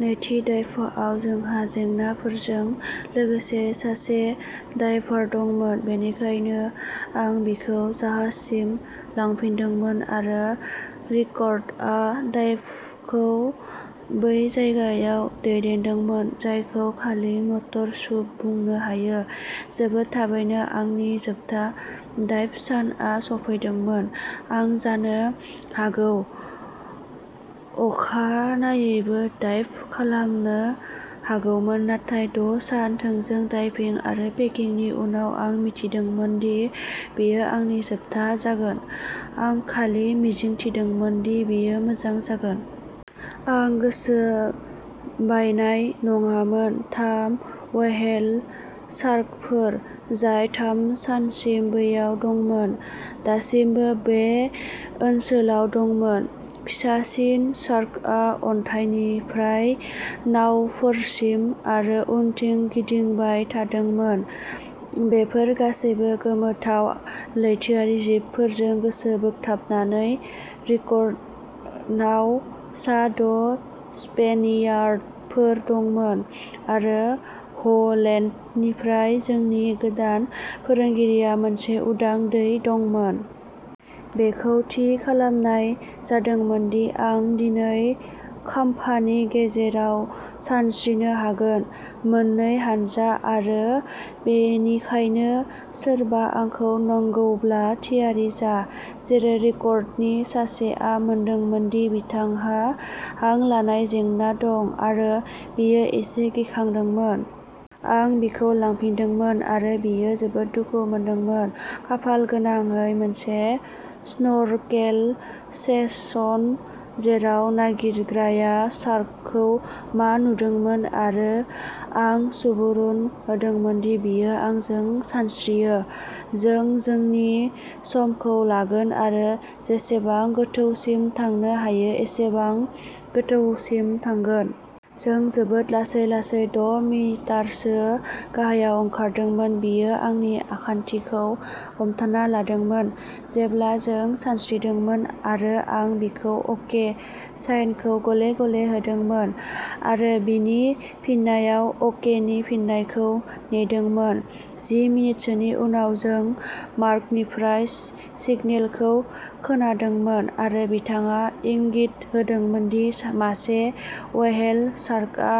नैथि डाइभआव जोंहा जेंनाफोरजों लोगोसे सासे डायभार दंमोन, बेनिखायनो आं बिखौ जाहाजसिम लांफिनदोंमोन आरो रिकार्ड'आ डाइभखौ बै जायगायाव दैदेनदोंमोन जायखौ खालि मटर सुप बुंनो हायो। जोबोद थाबैनो आंनि जोबथा डाइभ सानआ सौफैदोंमोन। आं जानो हागौ अखानायैबो डाइभ खालामनो हागौमोन, नाथाय द' सान थोंजों डाइभिं आरो पेकिंनि उनाव आं मिथिदोंमोन दि बेयो आंनि जोबथा जागोन, आं खालि मिजिंथिदोंमोन दि बेयो मोजां जागोन। आं गोसो बायनाय नङामोन, थाम व्हेल शार्कफोर, जाय थाम सानसिम बैयाव दंमोन, दासिमबो बे ओनसोलाव दंमोन। फिसासिन शार्कआ अन्थाइनिफ्राय नावफोरसिम आरो उनथिं गिदिंबाय थादोंमोन, बेफोर गासैबो गोमोथाव लैथोआरि जिबफोरजों गोसो बोगथाबनानै रिकार्ड'नाव सा द' स्पेनियार्डफोर दंमोन आरो ह'लेन्डनिफ्राय जोंनि गोदान फोरोंगिरिया मोनसे उदां दै दंमोन। बेखौ थि खालामनाय जादोंमोन दि आं दैनि खाम्फानि गेजेराव सानस्रिनो हागोन। मोननै हानजा आरो बेनिखायनो सोरबा आंखौ नांगौब्ला थियारि जा। जेरै रिकार्ड'नि सासेआ मोनदोंमोन दि बिथांहा हां लानाय जेंना दं आरो बियो एसे गिखांदोंमोन। आं बिखौ लांफिनदोंमोन आरो बियो जोबोद दुखु मोनदोंमोन, खाफाल गोनाङै मोनसे स्नर्केल सेसन जेराव नागिरग्राया शार्कखौ मा नुदोंमोन आरो आं सुबुरुन होदोंमोन दि बियो आंजों सानस्रियो, जों जोंनि समखौ लागोन आरो जेसेबां गोथौसिम थांनो हायो एसेबां गोथौसिम थांगोन। जों जोबोद लासै लासै द' मिटारसो गाहायाव ओंखारदोंमोन, बियो आंनि आखान्थिखौ हमथाना लादोंमोन जेब्ला जों सानस्रिदोंमोन आरो आं बिखौ "अके" साइनखौ गले-गले होदोंमोन आरो बिनि फिननायाव "अके" नि फिननायखौ नेदोंमोन। जि मिनिटसोनि उनाव जों मार्कनिफ्राय सिगनेलखौ खोनादोंमोन आरो बिथाङा इंगित होदोंमोन दि मासे व्हेल शार्कआ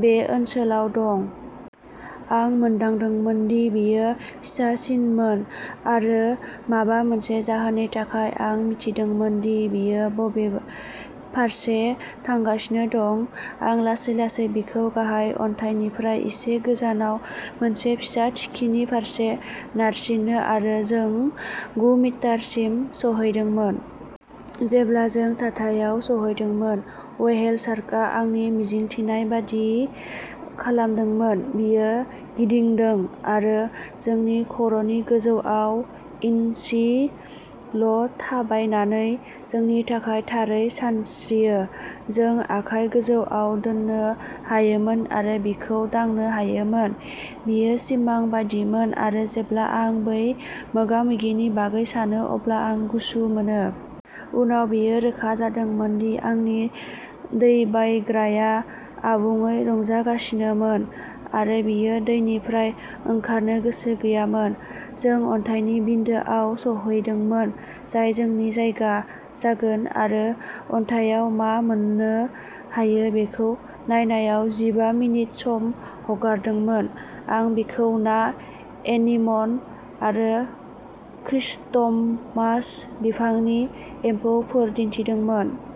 बे ओनसोलाव दं। आं मोनदांदोंमोन दि बेयो फिसासिनमोन आरो माबा मोनसे जाहोननि थाखाय आं मिथिदोंमोन दि बियो बबे फारसे थांगासिनो दं। आं लासै-लासै बिखौ गाहाय अन्थाइनिफ्राय एसे गोजानाव मोनसे फिसा थिखिनि फारसे नारसिनो आरो जों गु मिटारसिम सौहैदोंमोन। जेब्ला जों थाथायाव सौहैदोंमोन, व्हेल शार्कआ आंनि मिजिंथिनाय बायदि खालामदोंमोन, बियो गिदिंदों आरो जोंनि खर'नि गोजौआव इनसि ल' थाबायनानै जोंनि थाखाय थारै सानस्रियो। जों आखाइ गोजौआव दोननो हायोमोन आरो बिखौ दांनो हायोमोन। बेयो सिमां बायदिमोन आरो जेब्ला आं बै मोगा-मोगिनि बागै सानो अब्ला आं गुसु मोनो। उनाव बेयो रोखा जादोंमोन दि आंनि दैबायग्राया आबुङै रंजागासिनोमोन आरो बियो दैनिफ्राय ओंखारनो गोसो गैयामोन। जों अन्थाइनि बिन्दोआव सौहैदोंमोन जाय जोंनि जायगा जागोन आरो अन्थाइआव मा मोन्नो हायो बेखौ नायनायाव जिबा मिनिट सम हगारदोंमोन। आं बिखौ ना, एनिमन आरो क्रिस्टमास बिफांनि एम्फौफोर दिन्थिदोंमोन।